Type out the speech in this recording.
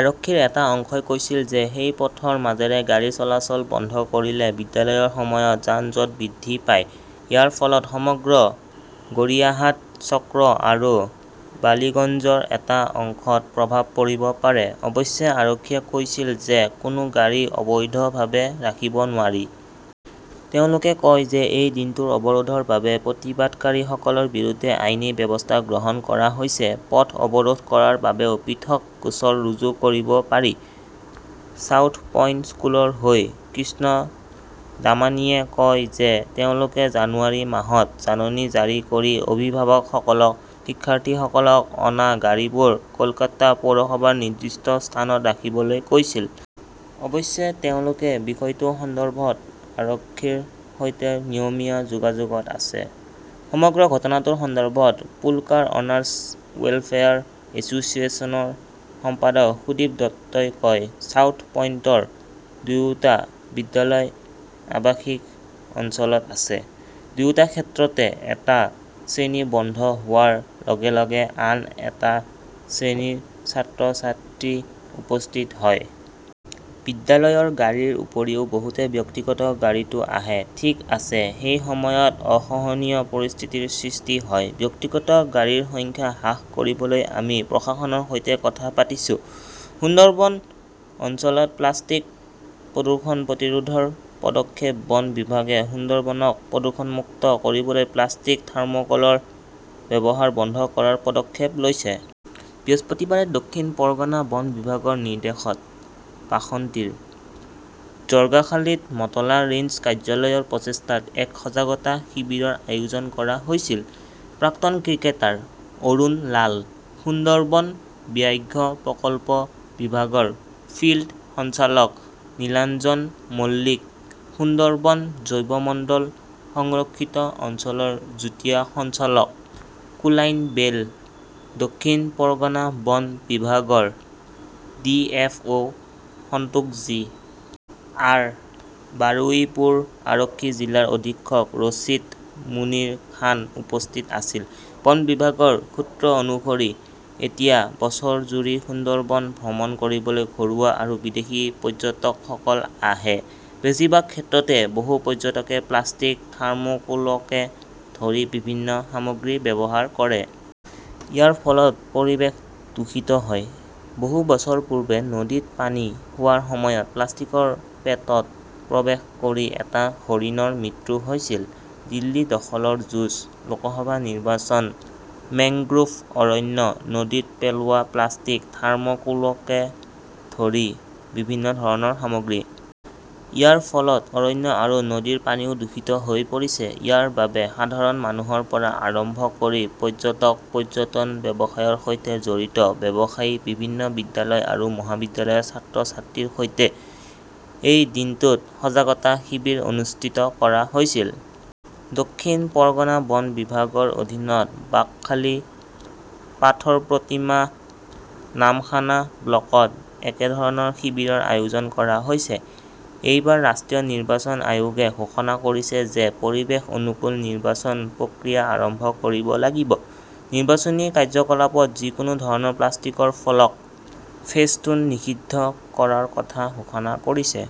আৰক্ষীৰ এটা অংশই কৈছিল যে সেই পথৰ মাজেৰে গাড়ী চলাচল বন্ধ কৰিলে বিদ্যালয়ৰ সময়ত যান-জঁট বৃদ্ধি পাব। ইয়াৰ ফলত সমগ্ৰ গড়িয়াহাট চক্ৰ আৰু বালিগঞ্জৰ এটা অংশত প্ৰভাৱ পৰিব পাৰে। অৱশ্যে, আৰক্ষীয়ে কৈছিল যে কোনো গাড়ী অবৈধভাৱে ৰাখিব নোৱাৰি। তেওঁলোকে কয় যে এই দিনটোৰ অৱৰোধৰ বাবে প্ৰতিবাদকাৰীসকলৰ বিৰুদ্ধে আইনী ব্যৱস্থা গ্ৰহণ কৰা হৈছে। পথ অৱৰোধ কৰাৰ বাবেও পৃথক গোচৰ ৰুজু কৰিব পাৰি। চাউথ পইণ্ট স্কুলৰ হৈ কৃষ্ণ দামানীয়ে কয় যে তেওঁলোকে জানুৱাৰী মাহত জাননী জাৰি কৰি অভিভাৱকসকলক শিক্ষাৰ্থীসকলক অনা গাড়ীবোৰ কলকাতা পৌৰসভাৰ নিৰ্দিষ্ট স্থানত ৰাখিবলৈ কৈছিল। অৱশ্যে, তেওঁলোকে বিষয়টো সন্দৰ্ভত আৰক্ষীৰ সৈতে নিয়মীয়া যোগাযোগত আছে। সমগ্ৰ ঘটনাটোৰ সন্দৰ্ভত পুলকাৰ অনাৰ্ছ ৱেলফেয়াৰ এছচিয়েশ্যনৰ সম্পাদক সুদীপ দত্তই কয়, চাউথ পইণ্টৰ দুয়োটা বিদ্যালয় আৱাসিক অঞ্চলত আছে। দুয়োটা ক্ষেত্ৰতে এটা শ্ৰেণী বন্ধ হোৱাৰ লগে - লগে আন এটা শ্ৰেণীৰ ছাত্ৰ-ছাত্ৰী উপস্থিত হয়। বিদ্যালয়ৰ গাড়ীৰ উপৰিও বহুতে ব্যক্তিগত গাড়ীতো আহে। ঠিক আছে, সেই সময়ত অসহনীয় পৰিস্থিতিৰ সৃষ্টি হয়। ব্যক্তিগত গাড়ীৰ সংখ্যা হ্ৰাস কৰিবলৈ আমি প্ৰশাসনৰ সৈতে কথা পাতিছো। সুন্দৰবন অঞ্চলত প্লাষ্টিক প্ৰদূষণ প্ৰতিৰোধৰ পদক্ষেপ বন বিভাগে সুন্দৰবনক প্ৰদূষণমুক্ত কৰিবলৈ প্লাষ্টিক, থাৰ্মকলৰ ব্যৱহাৰ বন্ধ কৰাৰ পদক্ষেপ লৈছে। বৃহস্পতিবাৰে দক্ষিণ পৰগনা বন বিভাগৰ নিৰ্দেশত বাসন্তীৰ ঝৰ্গাখালীত মাতলা ৰেঞ্জ কাৰ্যালয়ৰ প্ৰচেষ্টাত এক সজাগতা শিবিৰৰ আয়োজন কৰা হৈছিল। প্ৰাক্তন ক্ৰিকেটাৰ অৰুণ লাল, সুন্দৰবন ব্যাঘ্ৰ প্ৰকল্প বিভাগৰ ফিল্ড সঞ্চালক নীলাঞ্জন মল্লিক, সুন্দৰবন জৈৱমণ্ডল সংৰক্ষিত অঞ্চলৰ যুটীয়া সঞ্চালক কুলাইন বেল, দক্ষিণ পৰগনা বন বিভাগৰ DFO Santosh G. R., Baruipur আৰক্ষী জিলাৰ অধীক্ষক ৰছিদ মুনিৰ খান উপস্থিত আছিল। বন বিভাগৰ সূত্ৰ অনুসৰি, এতিয়া বছৰজুৰি সুন্দৰবন ভ্ৰমণ কৰিবলৈ ঘৰুৱা আৰু বিদেশী পৰ্যটকসকল আহে। বেছিভাগ ক্ষেত্ৰতে, বহু পৰ্যটকে প্লাষ্টিক, থাৰ্মোকোলকে ধৰি বিভিন্ন সামগ্ৰী ব্যৱহাৰ কৰে। ইয়াৰ ফলত পৰিৱেশ দূষিত হয়। বহু বছৰ পূৰ্বে নদীত পানী খোৱাৰ সময়ত প্লাষ্টিকৰ পেটত প্ৰৱেশ কৰি এটা হৰিণৰ মৃত্যু হৈছিল। দিল্লী দখলৰ যুঁজ, লোকসভা নিৰ্বাচন মেংগ্ৰোভ অৰণ্য, নদীত পেলোৱা প্লাষ্টিক, থাৰ্মোকোলকে ধৰি বিভিন্ন ধৰণৰ সামগ্ৰী। ইয়াৰ ফলত অৰণ্য আৰু নদীৰ পানীও দূষিত হৈ পৰিছে। ইয়াৰ বাবে সাধাৰণ মানুহৰ পৰা আৰম্ভ কৰি পৰ্যটক, পৰ্যটন ব্যৱসায়ৰ সৈতে জড়িত ব্যৱসায়ী, বিভিন্ন বিদ্যালয় আৰু মহাবিদ্যালয়ৰ ছাত্ৰ-ছাত্ৰীৰ সৈতে এই দিনটোত সজাগতা শিবিৰ অনুষ্ঠিত কৰা হৈছিল। দক্ষিণ পৰগনা বন বিভাগৰ অধীনত বাকখালী, পাথৰপ্ৰতিমা, নামখানা ব্লকত একেধৰণৰ শিবিৰৰ আয়োজন কৰা হৈছে। এইবাৰ ৰাষ্ট্ৰীয় নিৰ্বাচন আয়োগে ঘোষণা কৰিছে যে পৰিৱেশ অনুকূল নিৰ্বাচন প্ৰক্ৰিয়া আৰম্ভ কৰিব লাগিব। নিৰ্বাচনী কাৰ্যকলাপত যিকোনো ধৰণৰ প্লাষ্টিকৰ ফলক, ফেস্টুন নিষিদ্ধ কৰাৰ কথা ঘোষণা কৰিছে।